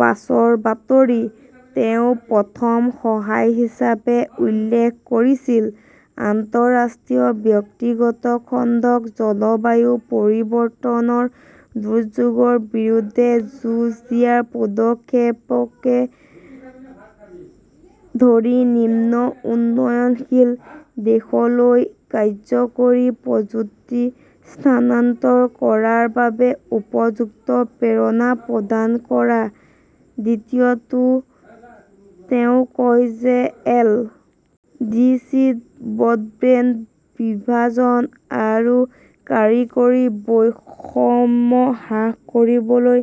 বাছৰ বাতৰি। তেওঁ প্ৰথম সহায় হিচাপে উল্লেখ কৰিছিল, আন্তঃৰাষ্ট্ৰীয় ব্যক্তিগত খণ্ডক জলবায়ু পৰিৱৰ্তনৰ দুৰ্যোগৰ বিৰুদ্ধে যুঁজ দিয়াৰ পদক্ষেপকে ধৰি নিম্ন উন্নয়নশীল দেশলৈ কাৰ্য্যকৰী প্ৰযুক্তি স্থানান্তৰ কৰাৰ বাবে উপযুক্ত প্ৰেৰণা প্ৰদান কৰা। দ্বিতীয়টোত তেওঁ কয় যে এল. ডি. চি. -ত ব্ৰডবেণ্ড বিভাজন আৰু কাৰিকৰী বৈষম্য হ্ৰাস কৰিবলৈ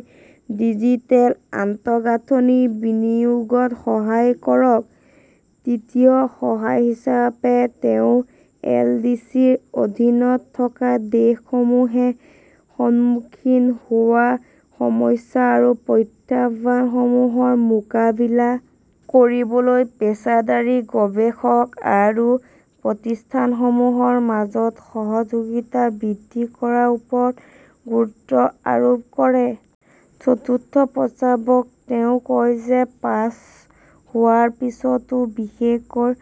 ডিজিটেল আন্তঃগাঁথনিৰ বিনিয়োগত সহায় কৰক। তৃতীয় সহায় হিচাপে তেওঁ এল. ডি. চি. -ৰ অধীনত থকা দেশসমূহে সন্মুখীন হোৱা সমস্যা আৰু প্ৰত্যাহ্বানসমূহৰ মোকাবিলা কৰিবলৈ পেছাদাৰী গৱেষক আৰু প্ৰতিষ্ঠানসমূহৰ মাজত সহযোগিতা বৃদ্ধি কৰাৰ ওপৰত গুৰুত্ব আৰোপ কৰে। চতুৰ্থ প্ৰস্তাৱত তেওঁ কয় যে পাছ হোৱাৰ পিছতো বিশেষকৈ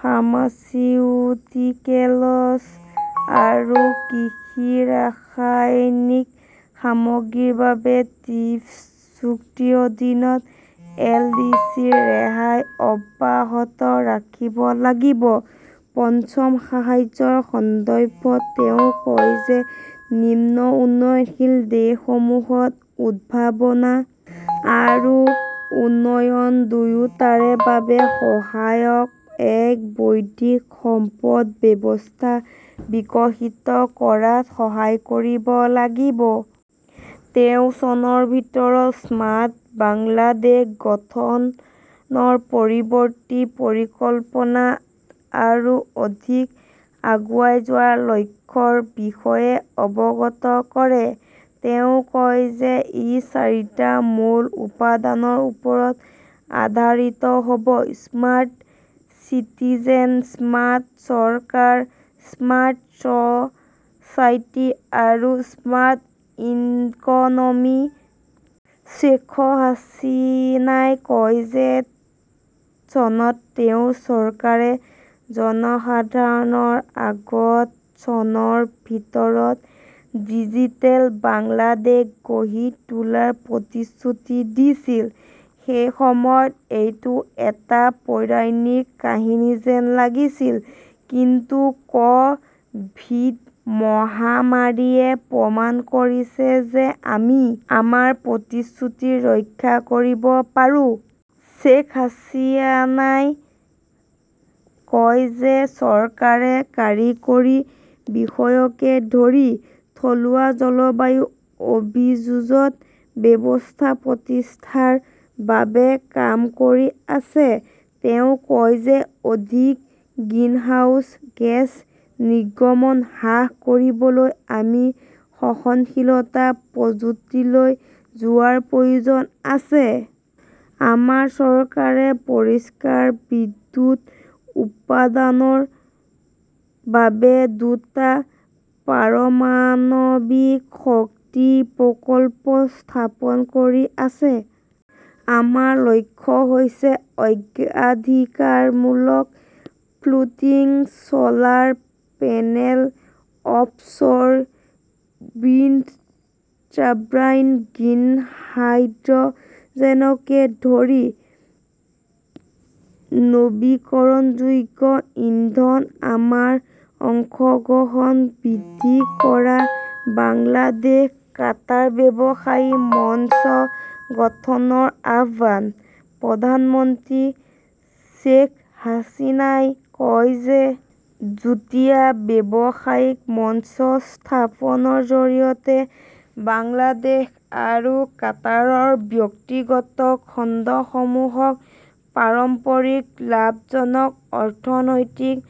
ফাৰ্মাচিউটিকেলছ আৰু কৃষি-ৰাসায়নিক সামগ্ৰীৰ বাবে ট্ৰিপছ চুক্তিৰ অধীনত এলডিচিৰ ৰেহাই অব্যাহত ৰাখিব লাগিব। পঞ্চম সাহায্যৰ সন্দৰ্ভত তেওঁ কয় যে নিম্ন উন্নয়নশীল দেশসমূহত উদ্ভাৱন আৰু উন্নয়ন দুয়োটাৰে বাবে সহায়ক এক বৌদ্ধিক সম্পদ ব্যৱস্থা বিকশিত কৰাত সহায় কৰিব লাগিব। তেওঁ চনৰ ভিতৰত 'স্মাৰ্ট বাংলাদেশ "গঠনৰ পৰৱৰ্তী পৰিকল্পনাত আৰু অধিক আগুৱাই যোৱাৰ লক্ষ্যৰ বিষয়ে অৱগত কৰে। তেওঁ কয় যে ই চাৰিটা মূল উপাদানৰ ওপৰত আধাৰিত হ "ব-স্মাৰ্ট চিটিজেন, স্মাৰ্ট চৰকাৰ, স্মাৰ্ট ছ" চাইটি আৰু স্মাৰ্ট ইকনমি। শ্বেখ হাছিনাই কয় যে চনত তেওঁৰ চৰকাৰে জনসাধাৰণৰ আগত চনৰ ভিতৰত 'ডিজিটেল বাংলাদেশ "গঢ়ি তোলাৰ প্ৰতিশ্ৰুতি দিছিল। সেই সময়ত এইটো এটা 'পৌৰাণিক কাহিনী "যেন লাগিছিল। কিন্তু ক "ভিড- মহামাৰীয়ে প্ৰমাণ কৰিছে যে আমি আমাৰ প্ৰতিশ্ৰুতি ৰক্ষা কৰিব পাৰোঁ। শ্বেখ হাছিনাই কয় যে চৰকাৰে কাৰিকৰী বিষয়কে ধৰি থলুৱা জলবায়ু অভিযোজন ব্যৱস্থা প্ৰতিষ্ঠাৰ বাবে কাম কৰি আছে। তেওঁ কয় যে অধিক গ্ৰীণহাউছ গেছ নিৰ্গমন হ্ৰাস কৰিবলৈ আমি সহনশীলতা প্ৰযুক্তিলৈ যোৱাৰো প্ৰয়োজন আছে। আমাৰ চৰকাৰে পৰিষ্কাৰ বিদ্যুৎ উৎপাদনৰ বাবে দুটা পাৰমাণৱিক শক্তি প্ৰকল্প স্থাপন কৰি আছে। আমাৰ লক্ষ্য হৈছে অগ্ৰাধিকাৰমূলক floating "solar panel, offshore wind turbine, green হাইড্ৰ "জেনকে ধৰি নৱীকৰণযোগ্য ইন্ধনত আমাৰ অংশগ্ৰহণ বৃদ্ধি কৰা। বাংলাদেশ-কাটাৰ ব্যৱসায়ী মঞ্চ গঠনৰ আহ্বানঃ প্ৰধানমন্ত্ৰী শ্বেখ হাছিনাই কয় যে যুটীয়া ব্যৱসায়িক মঞ্চ স্থাপনৰ জৰিয়তে বাংলাদেশ আৰু কাটাৰৰ ব্যক্তিগত খণ্ডসমূহক পাৰস্পৰিক লাভজনক অৰ্থনৈতিক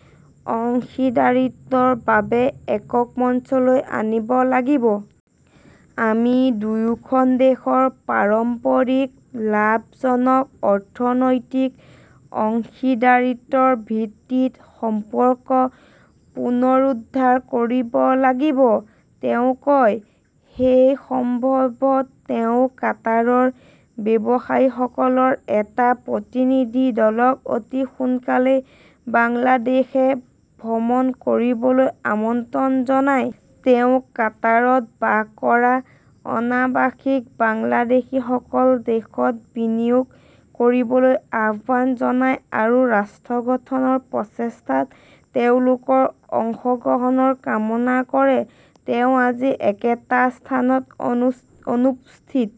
অংশীদাৰিত্বৰ বাবে একক মঞ্চলৈ আনিব লাগিব। "আমি দুয়োখন দেশৰ পাৰস্পৰিক লাভজনক অৰ্থনৈতিক অংশীদাৰিত্বৰ ভিত্তিত সম্পৰ্ক পুনৰুদ্ধাৰ কৰিব লাগিব", তেওঁ কয়। এই সন্দৰ্ভত তেওঁ কাটাৰৰ ব্যৱসায়ীসকলৰ এটা প্ৰতিনিধি দলক অতি সোনকালেই বাংলাদেশ ভ্ৰমণ কৰিবলৈ আমন্ত্ৰণ জনায়। তেওঁ কাটাৰত বাস কৰা অনাবাসিক বাংলাদেশীসকলক দেশত বিনিয়োগ কৰিবলৈ আহ্বান জনায় আৰু ৰাষ্ট্ৰ গঠনৰ প্ৰচেষ্টাত তেওঁলোকৰ অংশগ্ৰহণৰ কামনা কৰে। তেওঁ আজি একেটা স্থানত অনুষ্ঠিত